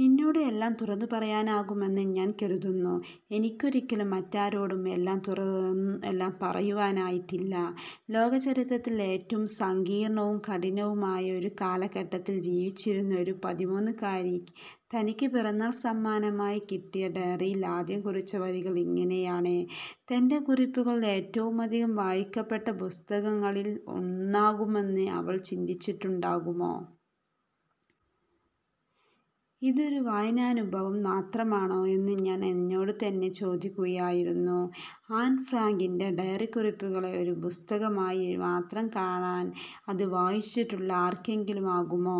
നിന്നോട് എല്ലാം തുറന്നുപറയാനാകുമെന്ന് ഞാൻ കരുതുന്നു. എനിക്കൊരിക്കലും മറ്റാരോടും എല്ലാം തുറന്നുപറയുവാനായിട്ടില്ല. ലോകചരിത്രത്തിലെ ഏറ്റവും സങ്കീർണവും കഠിനവുമായ ഒരു കാലഘട്ടത്തിൽ ജീവിച്ചിരുന്ന ഒരു പതിമൂന്നുകാരി തനിക്ക് പിറന്നാൾ സമ്മാനമായി കിട്ടിയ ഡയറിയിൽ ആദ്യം കുറിച്ച വരികൾ ഇങ്ങനെയാണ്. തന്റെ കുറിപ്പുകൾ ഏറ്റവുമധികം വായിക്കപ്പെട്ട പുസ്തകങ്ങളിൽ ഒന്നാകുമെന്ന് അവൾ ചിന്തിച്ചിട്ടുണ്ടാകുമോ. ഇത് ഒരു വായനാനുഭവം മാത്രമാണോ എന്ന് ഞാൻ എന്നോടുതന്നെ ചോദിക്കുകയായിരുന്നു. ആൻ ഫ്രാങ്കിന്റെ ഡയറിക്കുറിപ്പുകളെ ഒരു പുസ്തകമായി മാത്രം കാണാൻ അത് വായിച്ചിട്ടുള്ള ആർക്കെങ്കിലുമാകുമോ.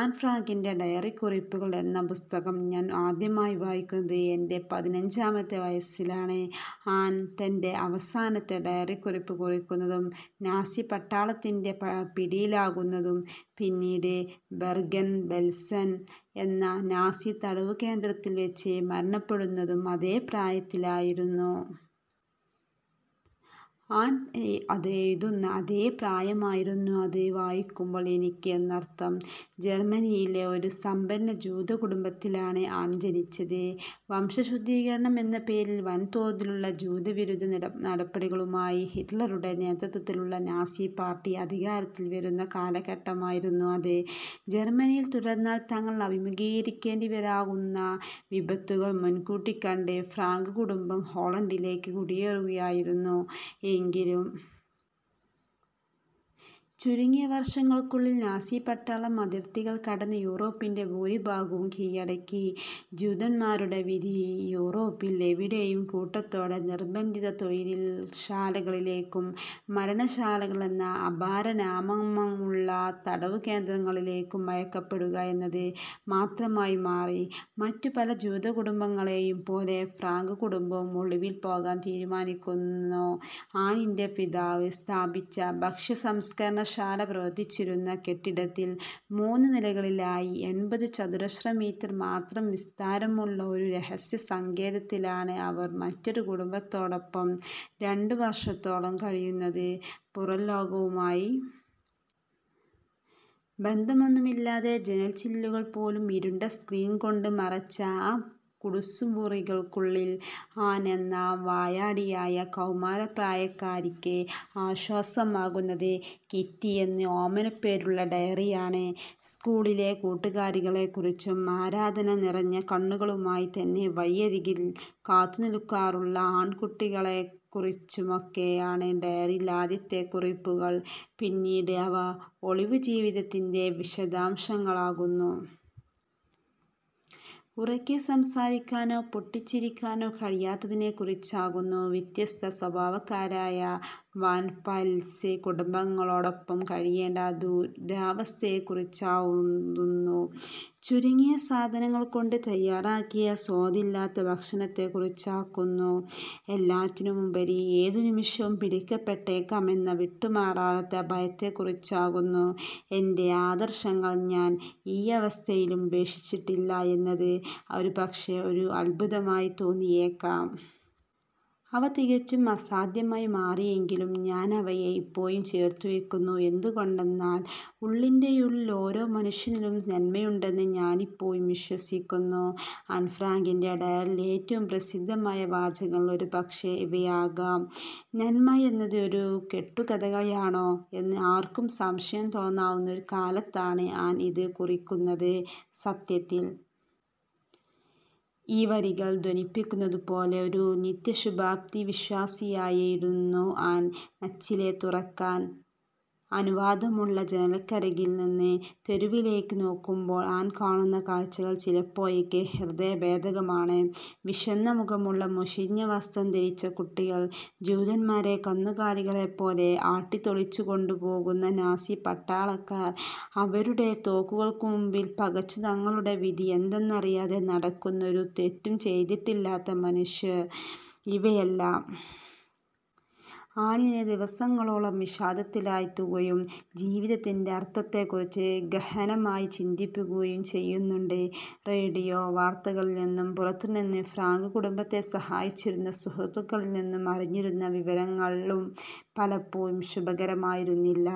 ആൻ ഫ്രാങ്കിന്റെ ഡയറിക്കുറിപ്പുകൾ എന്ന പുസ്തകം ഞാൻ ആദ്യമായി വായിക്കുന്നത് എന്റെ പതിനഞ്ചാമത്തെ വയസ്സിലാണ്. ആൻ തന്റെ അവസാനത്തെ ഡയറിക്കുറിപ്പ് കുറിക്കുന്നതും നാസിപ്പട്ടാളത്തിന്റെ പിടിയിലാകുന്നതും പിന്നീട് ബെർഗൻ ബെൽസൺ എന്ന നാസി തടവുകേന്ദ്രത്തിൽ വച്ച് മരണപ്പെടുന്നതും അതേ പ്രായത്തിലായിരുന്നു. ആൻ അത് എഴുതുന്ന അതേ പ്രായമായിരുന്നു അത് വായിക്കുമ്പോൾ എനിക്ക് എന്നർത്ഥം. ജർമ്മനിയിലെ ഒരു സമ്പന്ന ജൂത കുടുംബത്തിലാണ് ആൻ ജനിച്ചത്. വംശശുദ്ധീകരണം എന്ന പേരിൽ വൻതോതിലുള്ള ജൂതവിരുദ്ധ നടപടികളുമായി ഹിറ്റ്ലറുടെ നേതൃത്വത്തിലുള്ള നാസി പാർട്ടി അധികാരത്തിൽ വരുന്ന കാലഘട്ടമായിരുന്നു അത്. ജർമ്മനിയിൽ തുടർന്നാൽ തങ്ങൾ അഭിമുഖീകരിക്കേണ്ടിവരാവുന്ന വിപത്തുകൾ മുൻകൂട്ടിക്കണ്ട് ഫ്രാങ്ക് കുടുംബം ഹോളണ്ടിലേക്ക് കുടിയേറുകയായിരുന്നു. എങ്കിലും ചുരുങ്ങിയ വർഷങ്ങൾക്കുള്ളിൽ നാസിപ്പട്ടാളം അതിർത്തികൾ കടന്ന് യൂറോപ്പിന്റെ ഭൂരിഭാഗവും കീഴടക്കി. ജൂതന്മാരുടെ വിധി യൂറോപ്പിൽ എവിടെയും കൂട്ടത്തോടെ നിർബന്ധിത തൊഴില്ശാലകളിലേക്കും മരണശാലകൾ എന്ന അപരനാമമുള്ള തടവുകേന്ദ്രങ്ങളിലേക്കും അയക്കപ്പെടുക എന്നത് മാത്രമായി മാറി. മറ്റുപല ജൂതകുടുംബങ്ങളെയും പോലെ ഫ്രാങ്ക് കുടുംബവും ഒളിവിൽ പോകാൻ തീരുമാനിക്കുന്നു. ആനിന്റെ പിതാവ് സ്ഥാപിച്ച ഭക്ഷ്യസംസ്കരണശാല പ്രവർത്തിച്ചിരുന്ന കെട്ടിടത്തിൽ മൂന്നുനിലകളിലായി എൺപത് ചതുരശ്ര മീറ്റർ മാത്രം വിസ്താരമുള്ള ഒരു രഹസ്യസങ്കേതത്തിലാണ് അവർ മറ്റൊരു കുടുംബത്തോടൊപ്പം രണ്ടുവർഷത്തോളം കഴിയുന്നത്. പുറംലോകവുമായി ബന്ധമൊന്നുമില്ലാതെ ജനൽച്ചില്ലുകൾ പോലും ഇരുണ്ട സ്ക്രീൻ കൊണ്ട് മറച്ച ആ കുടുസ്സുമുറികൾക്കുള്ളിൽ ആൻ എന്ന വായാടിയായ കൗമാരപ്രായക്കാരിക്ക് ആശ്വാസമാകുന്നത് കിറ്റി എന്ന് ഓമനപ്പേരുള്ള ഡയറിയാണ്. സ്കൂളിലെ കൂട്ടുകാരികളെക്കുറിച്ചും ആരാധന നിറഞ്ഞ കണ്ണുകളുമായി തന്നെ വഴിയരികിൽ കാത്തുനിൽക്കാറുള്ള ആൺകുട്ടികളെക്കുറിച്ചുമൊക്കെയാണ് ഡയറിയിലെ ആദ്യത്തെ കുറിപ്പുകൾ. പിന്നീട് അവ ഒളിവുജീവിതത്തിന്റെ വിശദാംശങ്ങളാകുന്നു. ഉറക്കെ സംസാരിക്കാനോ പൊട്ടിച്ചിരിക്കാനോ കഴിയാത്തതിനെക്കുറിച്ചാകുന്നു. വ്യത്യസ്ത സ്വഭാവക്കാരായ വാൻ പെൽസ് കുടുംബാംഗങ്ങളോടൊപ്പം കഴിയേണ്ട ദുരവസ്ഥയെക്കുറിച്ചാകുന്നു. ചുരുങ്ങിയ സാധനങ്ങൾ കൊണ്ട് തയ്യാറാക്കിയ സ്വാദില്ലാത്ത ഭക്ഷണത്തെക്കുറിച്ചാകുന്നു. എല്ലാറ്റിനുമുപരി ഏതു നിമിഷവും പിടിക്കപ്പെട്ടേക്കാം എന്ന വിട്ടുമാറാത്ത ഭയത്തെക്കുറിച്ചാകുന്നു. എന്റെ ആദർശങ്ങൾ ഞാൻ ഈയവസ്ഥയിലും ഉപേക്ഷിച്ചിട്ടില്ല എന്നത് ഒരുപക്ഷേ ഒരു അത്ഭുതമായി തോന്നിയേക്കാം. അവ തികച്ചും അസാധ്യമായി മാറിയെങ്കിലും ഞാനവയെ ഇപ്പോഴും ചേർത്തുവയ്ക്കുന്നു. എന്തുകൊണ്ടെന്നാൽ ഉള്ളിന്റെയുള്ളിൽ ഓരോ മനുഷ്യനിലും നന്മയുണ്ടെന്ന് ഞാനിപ്പോഴും വിശ്വസിക്കുന്നു. ആൻ ഫ്രാങ്കിന്റെ ഡയറിയിലെ ഏറ്റവും പ്രസിദ്ധമായ വാചകങ്ങൾ ഒരുപക്ഷേ ഇവയാകാം. നന്മ എന്നത് ഒരു കെട്ടുകഥയാണോ എന്ന് ആർക്കും സംശയം തോന്നാവുന്ന ഒരു കാലത്താണ് ആൻ ഇത് കുറിക്കുന്നത്. സത്യത്തിൽ ഈ വരികൾ ധ്വനിപ്പിക്കുന്നതുപോലെ ഒരു നിത്യശുഭാപ്തിവിശ്വാസിയായിരുന്നു ആൻ. മച്ചിലെ തുറക്കാൻ അനുവാദമുള്ള ജനാലയ്ക്കരികിൽ നിന്ന് തെരുവിലേയ്ക്ക് നോക്കുമ്പോൾ ആൻ കാണുന്ന കാഴ്ചകൾ ചിലപ്പോഴൊക്കെ ഹൃദയഭേദകമാണ്. വിശന്ന മുഖമുള്ള മുഷിഞ്ഞ വസ്ത്രം ധരിച്ച കുട്ടികൾ. ജൂതന്മാരെ കന്നുകാലികളെപ്പോലെ ആട്ടിത്തെളിച്ചുകൊണ്ടുപോകുന്ന നാസിപ്പട്ടാളക്കാർ. അവരുടെ തോക്കുകൾക്കുമുമ്പിൽ പകച്ച് തങ്ങളുടെ വിധിയെന്തെന്നറിയാതെ നടക്കുന്ന ഒരു തെറ്റും ചെയ്തിട്ടില്ലാത്ത മനുഷ്യർ. ഇവയെല്ലാം ആനിനെ ദിവസങ്ങളോളം വിഷാദത്തിലാഴ്ത്തുകയും ജീവിതത്തിന്റെ അർത്ഥത്തെക്കുറിച്ച് ഗഹനമായി ചിന്തിപ്പിക്കുകയും ചെയ്യുന്നുണ്ട്. റേഡിയോ വാർത്തകളിൽനിന്നും പുറത്തുനിന്ന് ഫ്രാങ്ക് കുടുംബത്തെ സഹായിച്ചിരുന്ന സുഹൃത്തുക്കളിൽനിന്നും അറിഞ്ഞിരുന്ന വിവരങ്ങളും പലപ്പോഴും ശുഭകരമായിരുന്നില്ല.